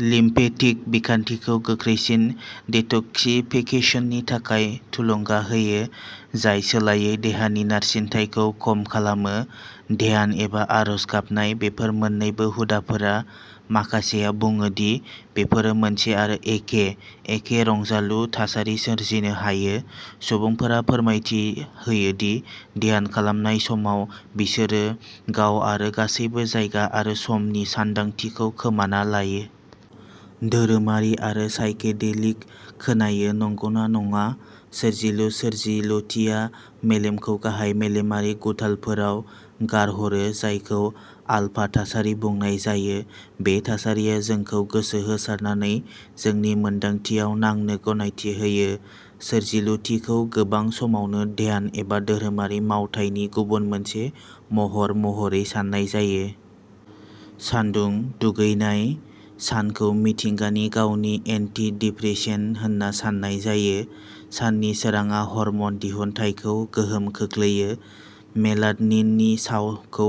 Lymphatic बिखान्थिखौ गोख्रैसिन डिटक्सिफिकेसननि थाखाय थुलुंगा होयो, जाय सोलायै देहानि नारसिनथायखौ खम खालामो। ध्यान एबा आरज गाबनाय। बेफोर मोन्नैबो हुदाफोरा, माखासेया बुङो दि बेफोरो मोनसे आरो एखे, एखे रंजालु थासारि सोरजिनो हायो। सुबुंफोरा फोरमायथि होयो दि ध्यान खालामनाय समाव बिसोरो गाव आरो गासैबो जायगा आरो समनि सानदांथिखौ खोमाना लायो। धोरोमारि आरो साइकेडेलिक खोनायो, नंगौना नङा? सोरजिलु। सोरजिलुथिया मेलेमखौ गाहाय मेलेमारि गुथालफोराव गारहरो जायखौ आलफा थासारि बुंनाय जायो। बे थासारिया जोंखौ गोसो होसारनानै जोंनि मोनदांथियाव नांनो गनायथि होयो। सोरजिलुथिखौ गोबां समावनो ध्यान एबा धोरोमारि मावथायनि गुबुन मोनसे महर महरै साननाय जायो। सानदुं दुगैनाय। सानखौ मिथिंगानि गावनि एन्टि-डिप्रेसेन्ट होनना साननाय जायो। साननि सोरांआ हर्मोन दिहुनथायखौ गोहोम खोख्लैयो, मेलाट'निननि स्रावखौ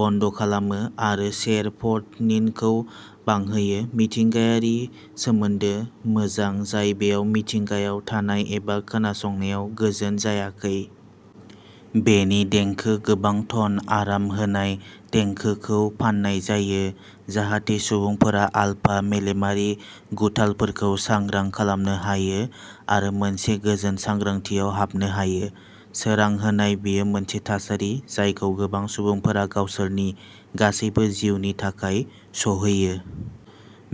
बन्द खालामो आरो सेर'ट'निनखौ बांहोयो। मिथिंगायारि सोमोन्दो। मोजां, जाय बेयाव मिथिंगायाव थानाय एबा खोनासंनायाव गोजोन जायाखै। बेनि देंखो गोबां टन आराम होनाय देंखोखौ फाननाय जायो जाहाथे सुबुंफोरा आलफा मेलेमारि गुथालफोरखौ सांग्रां खालामनो हायो आरो मोनसे गोजोन सांग्रांथियाव हाबनो हायो। सोरां होनाय। बेयो मोनसे थासारि जायखौ गोबां सुबुंफोरा गावसोरनि गासै जिउनि थाखाय सहैयो।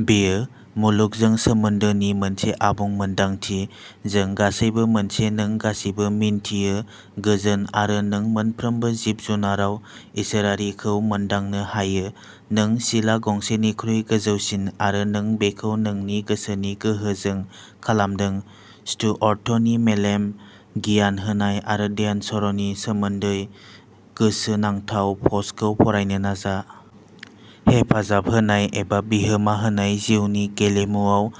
बेयो मुलुगजों सोमोन्दोनि मोनसे आबुं मोनदांथि। जों गासैबो मोनसे नों गासिबो मिन्थियो गोजोन आरो नों मोनफ्रोमबो जिब-जुनाराव इसोरारिखौ मोनदांनो हायो। नों सिला गंसेनिख्रुइ गोजौसिन आरो नों बेखौ नोंनि गोसोनि गोहोजों खालामदों स्टुअर्टनि मेलेम, गियान होनाय आरो ध्यान सर'नि सोमोनदै गोसोनांथाव पस्टखौ फरायनो नाजा। हेफाजाब होनाय एबा बिहोमा होनाय। जिउनि गेलेमुआव,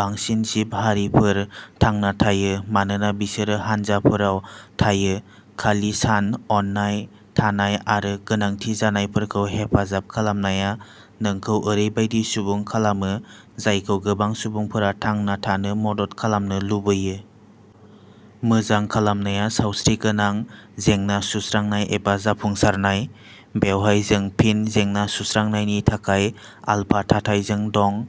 बांसिन जिब-हारिफोर थांना थायो मानोना बिसोरो हानजाफोराव थायो। खालि सान, अननाय थानाय आरो गोनांथि जानायफोरखौ हेफाजाब खालामनाया नोंखौ ओरैबायदि सुबुं खालामो जायखौ गोबां सुबुंफोरा थांना थानो मदद खालामनो लुबैयो। मोजां खालामनाया सावस्रिगोनां जेंना-सुस्रांनाय एबा जाफुंसारनाय। बेवहाय जों फिन जेंना-सुस्रांनायनि थाखाय आलफा थाथायजों दं।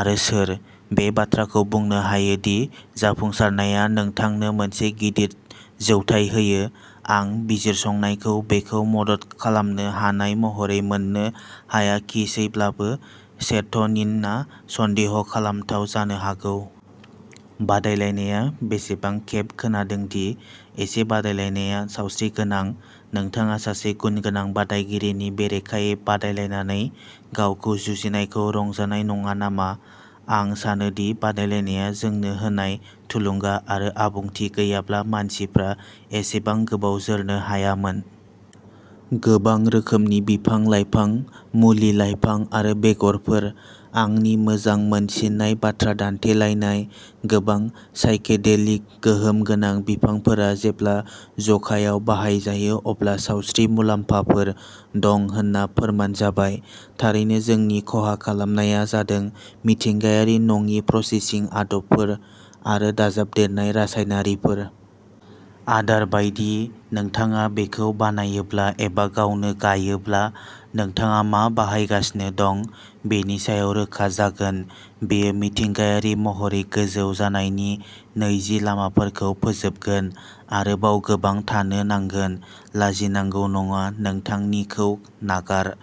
आरो सोर? बे बाथ्राखौ बुंनो हायो दि जाफुंसारनाया नोंथांनो मोनसे गिदिर जौथाय होयो? आं बिजिरसंनायखौ बेखौ मदद खालामनो हानाय महरै मोननो हायाखिसैब्लाबो, सेर'ट'निनआ सन्देह खालामथाव जानो हागौ। बादायलायनाया बेसेबां खेब खोनादों दि एसे बादायलायनाया सावस्रिगोनां, नोंथाङा सासे गुनगोनां बादायगिरिनि बेरेखायै बादायलायनानै गावखौ जुजिनायखौ रंजानाय नङा नामा? आं सानो दि बादायलायनाया जोंनो होनाय थुलुंगा आरो आबुंथि गैयाब्ला मानसिफ्रा एसेबां गोबाव जोरनो हायामोन। गोबां रोखोमनि बिफां-लाइफां, मुलि-लाइफां आरो बेगरफोर। आंनि मोजां मोनसिननाय बाथ्रा दान्थेलायनाय गोबां साइकेडेलिक गोहोम गोनां बिफांफोरा जेब्ला जखायाव बाहायजायो अब्ला सावस्रि मुलाम्फाफोर दं होनना फोरमान जाबाय। थारैनो जोंनि खहा खालामनाया जादों मिथिंगायारि नङि प्रसेसिं आदबफोर आरो दाजाबदेरनाय रासायनारिफोर। आदार बायदि, नोंथाङा बेखौ बानायोब्ला एबा गावनो गायोब्ला, नोंथाङा मा बाहायगासिनो दं बेनि सायाव रोखा जागोन। बेयो मिथिंगायारि महरै गोजौ जानायनि नैजि लामाफोरखौ फोजोबगोन। आरोबाव गोबां थानो नांगोन। लाजिनांगौ नङा नोंथांनिखौ नागार।